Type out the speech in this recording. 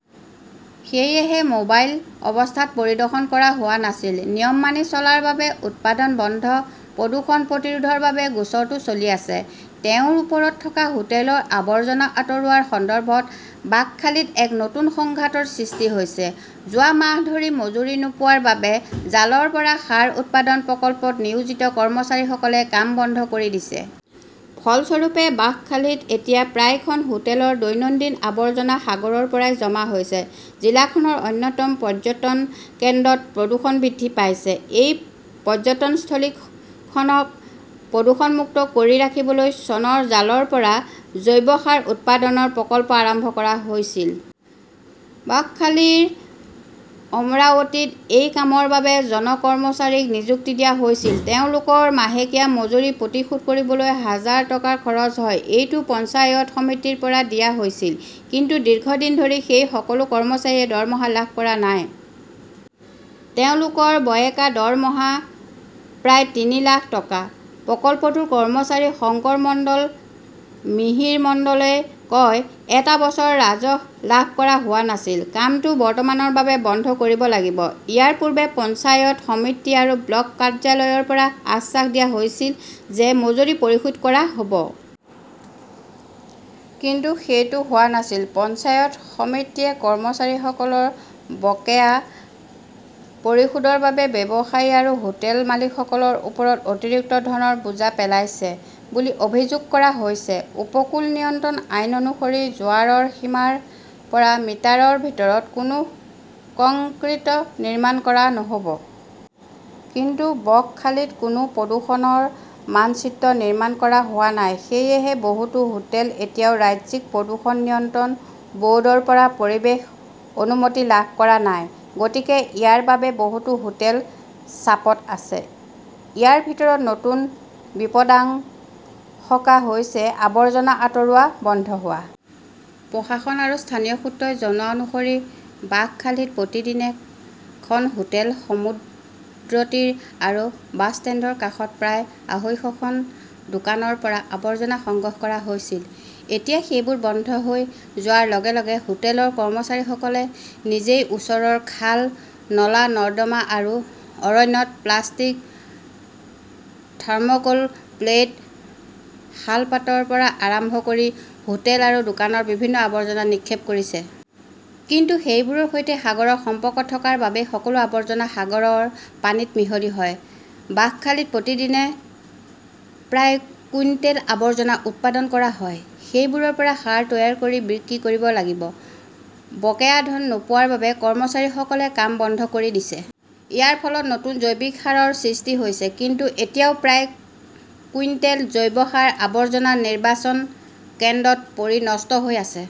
সেয়েহে মোবাইল অৱস্থাত পৰিদৰ্শন কৰা হোৱা নাছিল। নিয়ম মানি চলাৰ বাবে উৎপাদন বন্ধ প্ৰদূষণ প্ৰতিৰোধৰ বাবে গোচৰটো চলি আছে। তেওঁৰ ওপৰত থকা হোটেলৰ আৱৰ্জনা আঁতৰোৱাৰ সন্দৰ্ভত বাকখালীত এক নতুন সংঘাতৰ সৃষ্টি হৈছে। যোৱা মাহ ধৰি মজুৰি নোপোৱাৰ বাবে জালৰ পৰা সাৰ উৎপাদন প্ৰকল্পত নিয়োজিত কৰ্মচাৰীসকলে কাম বন্ধ কৰি দিছে। ফলস্বৰূপে, বক্খলিত এতিয়া প্ৰায় খন হোটেলৰ দৈনন্দিন আৱৰ্জনা সাগৰৰ পৰাই জমা হৈছে। জিলাখনৰ অন্যতম পৰ্যটন কেন্দ্ৰত প্ৰদূষণ বৃদ্ধি পাইছে। এই পৰ্যটনস্থলীখনক প্ৰদূষণমুক্ত কৰি ৰাখিবলৈ চনত জালৰ পৰা জৈৱ সাৰ উৎপাদনৰ প্ৰকল্প আৰম্ভ কৰা হৈছিল। বকখালীৰ অমৰাৱতীত এই কামৰ বাবে জন কৰ্মচাৰীক নিযুক্তি দিয়া হৈছিল। তেওঁলোকৰ মাহেকীয়া মজুৰি পৰিশোধ কৰিবলৈ হাজাৰ টকা খৰচ হয়। এইটো পঞ্চায়ত সমিতিৰ পৰা দিয়া হৈছিল। কিন্তু দীৰ্ঘদিন ধৰি সেই সকলো কৰ্মচাৰীয়ে দৰমহা লাভ কৰা নাই। তেওঁলোকৰ বকেয়া দৰমহা প্ৰায় তিনি লাখ টকা। প্ৰকল্পটোৰ কৰ্মচাৰী শংকৰ মণ্ডল, মিহিৰ মণ্ডলই কয়, "এটা বছৰ ৰাজহ লাভ কৰা হোৱা নাছিল। কামটো বৰ্তমানৰ বাবে বন্ধ কৰিব লাগিব। ইয়াৰ পূৰ্বে পঞ্চায়ত সমিতি আৰু ব্লক কাৰ্যালয়ৰ পৰা আশ্বাস দিয়া হৈছিল যে মজুৰি পৰিশোধ কৰা হ 'ব। কিন্তু সেইটো হোৱা নাছিল। "পঞ্চায়ত সমিতিয়ে কৰ্মচাৰীসকলৰ বকেয়া পৰিশোধৰ বাবে ব্যৱসায়ী আৰু হোটেল মালিকসকলৰ ওপৰত অতিৰিক্ত ধনৰ বোজা পেলাইছে বুলি অভিযোগ কৰা হৈছে। উপকূল নিয়ন্ত্ৰণ আইন অনুসৰি, জোৱাৰৰ সীমাৰ পৰা মিটাৰৰ ভিতৰত কোনো কংক্ৰিট নিৰ্মাণ কৰা নহ 'ব। কিন্তু বকখালীত কোনো প্ৰদূষণৰ মানচিত্ৰ নিৰ্মাণ কৰা হোৱা নাই। সেয়েহে, বহুতো হোটেল এতিয়াও ৰাজ্যিক প্ৰদূষণ নিয়ন্ত্ৰণ ব "ৰ্ডৰ পৰা পৰিৱেশ অনুমতি লাভ কৰা নাই। গতিকে ইয়াৰ বাবে বহুতো হোটেল চাপত আছে। ইয়াৰ ভিতৰত নতুন বিপদাশংকা হৈছে আৱৰ্জনা আঁতৰোৱা বন্ধ হোৱা। প্ৰশাসন আৰু স্থানীয় সূত্ৰই জনোৱা অনুসৰি বাকখালীত প্ৰতিদিনে খন হোটেল, সমুদ্ৰতীৰ আৰু বাছষ্টেণ্ডৰ কাষৰ প্ৰায় আঢ়ৈশখন দোকানৰ পৰা আৱৰ্জনা সংগ্ৰহ কৰা হৈছিল। এতিয়া সেইবোৰ বন্ধ হৈ যোৱাৰ লগে লগে হোটেলৰ কৰ্মচাৰীসকলে নিজেই ওচৰৰ খাল, নলা-নৰ্দমা আৰু অৰণ্যত প্লাষ্টিক, থৰ্ম "কল প্লেট, শালপাতৰ পৰা আৰম্ভ কৰি হোটেল আৰু দোকানৰ বিভিন্ন আৱৰ্জনা নিক্ষেপ কৰিছে। কিন্তু সেইবোৰৰ সৈতে সাগৰৰ সম্পৰ্ক থকাৰ বাবে সকলো আৱৰ্জনা সাগৰৰ পানীত মিহলি হয়। বাকখালীত প্ৰতিদিনে প্ৰায় কুইণ্টেল আৱৰ্জনা উৎপাদন কৰা হয়। সেইবোৰৰ পৰা সাৰ তৈয়াৰ কৰি বিক্ৰী কৰিব লাগিব। বকেয়া ধন নোপোৱাৰ বাবে কৰ্মচাৰীসকলে কাম বন্ধ কৰি দিছে। ইয়াৰ ফলত নতুন জৈৱিক সাৰৰ সৃষ্টি হৈছে। কিন্তু এতিয়াও প্ৰায় কুইণ্টেল জৈৱ সাৰ আৱৰ্জনা নিৰ্বাচন কেন্দ্ৰত পৰি নষ্ট হৈ আছে।